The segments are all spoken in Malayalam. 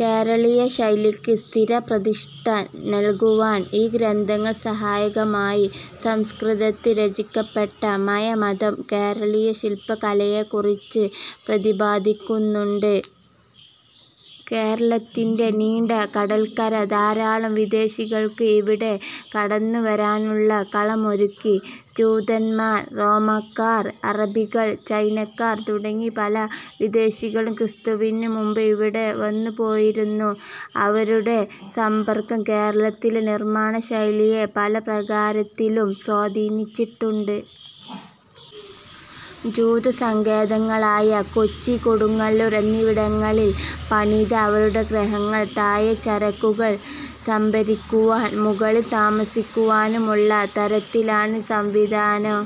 കേരളീയ ശൈലിക്ക് സ്ഥിരപ്രതിഷ്ഠ നല്കുവാൻ ഈ ഗ്രന്ഥങ്ങൾ സഹായകമായി. സംസ്കൃതത്തിൽ രചിക്കപ്പെട്ട മയമതം കേരളീയ ശില്പകലയെക്കുറിച്ച് പ്രതിപാദിക്കുന്നുണ്ട്. കേരളത്തിന്റെ നീണ്ട കടൽക്കര ധാരാളം വിദേശികൾക്ക് ഇവിടെ കടന്നുവരാനുള്ള കളമൊരുക്കി. ജൂതന്മാർ, റോമാക്കാർ, അറബികൾ, ചൈനക്കാർ തുടങ്ങി പല വിദേശികളും ക്രിസ്തുവിന് മുമ്പ് ഇവിടെ വന്നുപോയിരുന്നു. അവരുടെ സമ്പർക്കം കേരളത്തിലെ നിർമ്മാണശൈലിയെ പല പ്രകാരത്തിലും സ്വാധീനിച്ചിട്ടുണ്ട്. ജൂതസങ്കേതങ്ങളായ കൊച്ചി, കൊടുങ്ങല്ലൂർ എന്നിവിടങ്ങളിൽ പണിത അവരുടെ ഗൃഹങ്ങൾ താഴെ ചരക്കുകൾ സംഭരിക്കുവാനും മുകളിൽ താമസിക്കുവാനും ഉള്ള തരത്തിലാണ് സംവിധാനം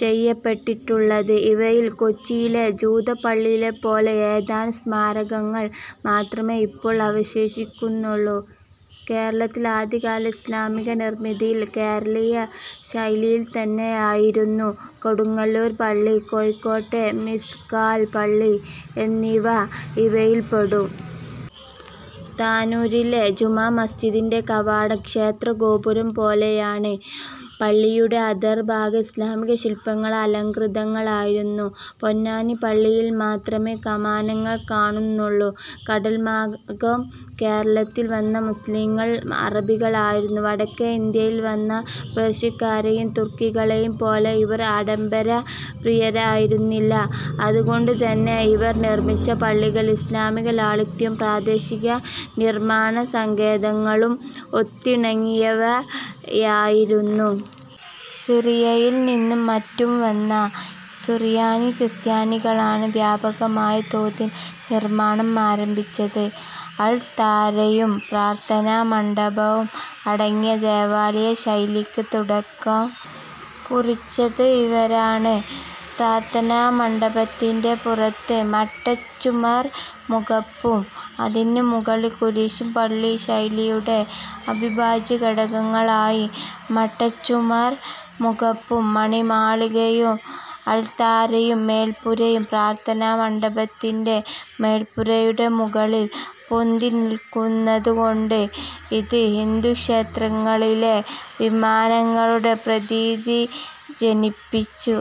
ചെയ്യപ്പെട്ടിട്ടുള്ളത്. ഇവയിൽ കൊച്ചിയിലെ ജൂതപ്പള്ളിപോലെ ഏതാനും സ്മാരകങ്ങൾ മാത്രമേ ഇപ്പോൾ അവശേഷിക്കുന്നുള്ളൂ. കേരളത്തിലെ ആദ്യകാല ഇസ്ലാമിക നിർമിതികൾ കേരളീയ ശൈലിയിൽത്തന്നെ ആയിരുന്നു. കൊടുങ്ങല്ലൂർ പള്ളി, കോഴിക്കോട്ടെ മിസ്കാൽ പള്ളി എന്നിവ ഇവയിൽപ്പെടും. താനൂരെ ജുമാ മസ്ജിദിന്റെ കവാടം ക്ഷേത്രഗോപുരം പോലെയാണ്. പള്ളിയുടെ അന്തർഭാഗം ഇസ്ലാമിക ശില്പങ്ങളാൽ അലംകൃതങ്ങളായിരുന്നു. പൊന്നാനി പള്ളിയിൽ മാത്രമേ കമാനങ്ങൾ കാണുന്നുള്ളൂ. കടൽമാർഗ്ഗം കേരളത്തിൽവന്ന മുസ്ലീങ്ങൾ അറബികളായിരുന്നു. വടക്കേ ഇന്ത്യയിൽ വന്ന പേർഷ്യക്കാരേയും തുർക്കികളേയുംപോലെ ഇവർ ആഡംബര പ്രിയരായിരുന്നില്ല. അതുകൊണ്ടുതന്നെ ഇവർ നിർമിച്ച പള്ളികൾ ഇസ്ലാമിക ലാളിത്യവും പ്രാദേശിക നിർമ്മാണസങ്കേതങ്ങളും ഒത്തിണങ്ങിയവയായിരുന്നു. സിറിയയിൽ നിന്നും മറ്റും വന്ന സുറിയാനി ക്രിസ്ത്യാനികളാണ് വ്യാപകമായ തോതിൽ നിർമ്മാണം ആരംഭി ച്ചത്. അൾത്താരയും പ്രാർഥനാമണ്ഡപവും അടങ്ങിയ ദേവാലയ ശൈലിക്ക് തുടക്കം കുറിച്ചതിവരാണ്. പ്രാർഥനാമണ്ഡപത്തിന്റെ പുറത്ത് മട്ടച്ചുമർ മുഖപ്പും അതിനു മുകളിൽ കുരിശും പള്ളി ശൈലിയുടെ അവിഭാജ്യഘടകങ്ങളായി. മട്ടച്ചുമർ മുഖപ്പും മണിമാളികയും അൾത്താരയുടെ മേൽപ്പുരയും പ്രാർഥനാ മണ്ഡപത്തിന്റെ മേൽപ്പുരയുടെ മുകളിൽ പൊന്തിനില്ക്കുന്നതുകൊണ്ട് ഇത് ഹിന്ദു ക്ഷേത്രങ്ങളിലെ വിമാനങ്ങളുടെ പ്രതീതി ജനിപ്പിച്ചു.